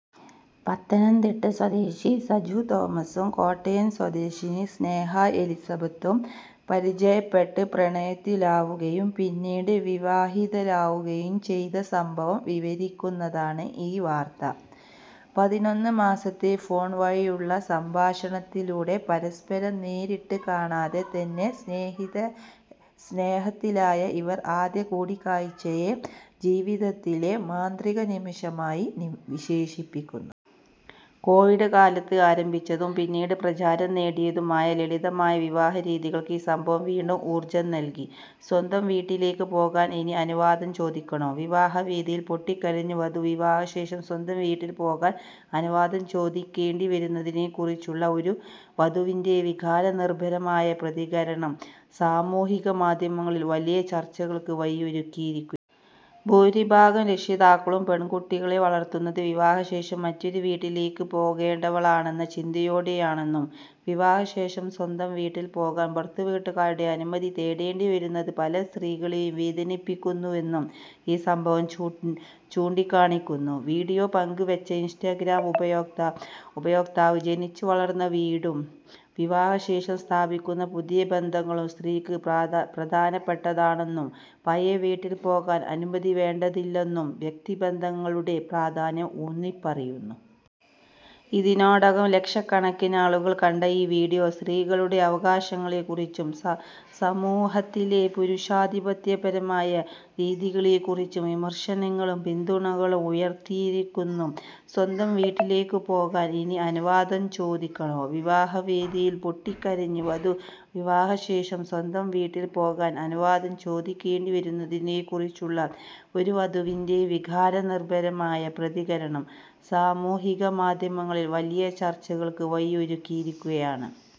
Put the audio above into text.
പത്തനംതിട്ട സ്വദേശി സജു തോമസും കോട്ടയം സ്വദേശിനി സ്നേഹ എലിസബത്തും പരിചയപ്പെട്ട് പ്രണയത്തിലാവുകയും പിന്നീട് വിവാഹിതരാവുകയും ചെയ്ത സംഭവം വിവരിക്കുന്നതാണ് ഈ വാർത്ത. പതിനൊന്നു മാസത്തെ ഫോൺ വഴിയുള്ള സംഭാഷണത്തിലൂടെ പരസ്പരം നേരിട്ട് കാണാതെ തന്നെ സ്നേഹത്തിലായ ഇവർ, ആദ്യ കൂടിക്കാഴ്ചയെ ജീവിതത്തിലെ മാന്ത്രിക നിമിഷമായി വിശേഷിപ്പിക്കുന്നു. കോവിഡ് കാലത്ത് ആരംഭിച്ചതും പിന്നീട് പ്രചാരം നേടിയതുമായ ലളിതമായ വിവാഹ രീതികൾക്ക് ഈ സംഭവം വീണ്ടും ഊർജ്ജം നൽകി. 'സ്വന്തം വീട്ടിലേക്ക് പോകാൻ ഇനി അനുവാദം ചോദിക്കണോ? 'വിവാഹവേദിയിൽ പൊട്ടിക്കരഞ്ഞ് വധു വിവാഹശേഷം സ്വന്തം വീട്ടിൽ പോകാൻ അനുവാദം ചോദിക്കേണ്ടി വരുന്നതിനെക്കുറിച്ചുള്ള ഒരു വധുവിന്റെ വികാരനിർഭരമായ പ്രതികരണം സാമൂഹിക മാധ്യമങ്ങളിൽ വലിയ ചർച്ചകൾക്ക് വഴിയൊരുക്കിയിരിക്കുകയാണ്. ഭൂരിഭാഗം രക്ഷിതാക്കളും പെൺകുട്ടികളെ വളർത്തുന്നത് വിവാഹശേഷം മറ്റൊരു വീട്ടിലേക്ക് പോകേണ്ടവളാണെന്ന ചിന്തയോടെയാണെന്നും, വിവാഹശേഷം സ്വന്തം വീട്ടിൽ പോകാൻ ഭർതൃവീട്ടുകാരുടെ അനുമതി തേടേണ്ടി വരുന്നത് പല സ്ത്രീകളെയും വേദനിപ്പിക്കുന്നുവെന്നും ഈ സംഭവം ചൂണ്ടിക്കാണിക്കുന്നു. വിഡിയോ പങ്കുവെച്ച ഇൻസ്റ്റഗ്രാം ഉപയോക്താവ്, ജനിച്ചുവളർന്ന വീടും വിവാഹശേഷം സ്ഥാപിക്കുന്ന പുതിയ ബന്ധങ്ങളും സ്ത്രീക്ക് പ്രധാനപ്പെട്ടതാണെന്നും, പഴയ വീട്ടിൽ പോകാൻ അനുമതി വേണ്ടതില്ലെന്നും വ്യക്തിബന്ധങ്ങളുടെ പ്രാധാന്യം ഊന്നിപ്പറയുന്നു. ഇതിനോടകം ലക്ഷക്കണക്കിന് ആളുകൾ കണ്ട ഈ വിഡിയോ, സ്ത്രീകളുടെ അവകാശങ്ങളെക്കുറിച്ചും സമൂഹത്തിലെ പുരുഷാധിപത്യപരമായ രീതികളെക്കുറിച്ചും വിമർശനങ്ങളും പിന്തുണകളും ഉയർത്തിയിരിക്കുന്നു. 'സ്വന്തം വീട്ടിലേക്ക് പോകാൻ ഇനി അനുവാദം ചോദിക്കണോ? 'വിവാഹവേദിയിൽ പൊട്ടിക്കരഞ്ഞ് വധു വിവാഹശേഷം സ്വന്തം വീട്ടിൽ പോകാൻ അനുവാദം ചോദിക്കേണ്ടി വരുന്നതിനെക്കുറിച്ചുള്ള ഒരു വധുവിന്റെ വികാരനിർഭരമായ പ്രതികരണം സാമൂഹിക മാധ്യമങ്ങളിൽ വലിയ ചർച്ചകൾക്ക് വഴിയൊരുക്കിയിരിക്കുകയാണ്.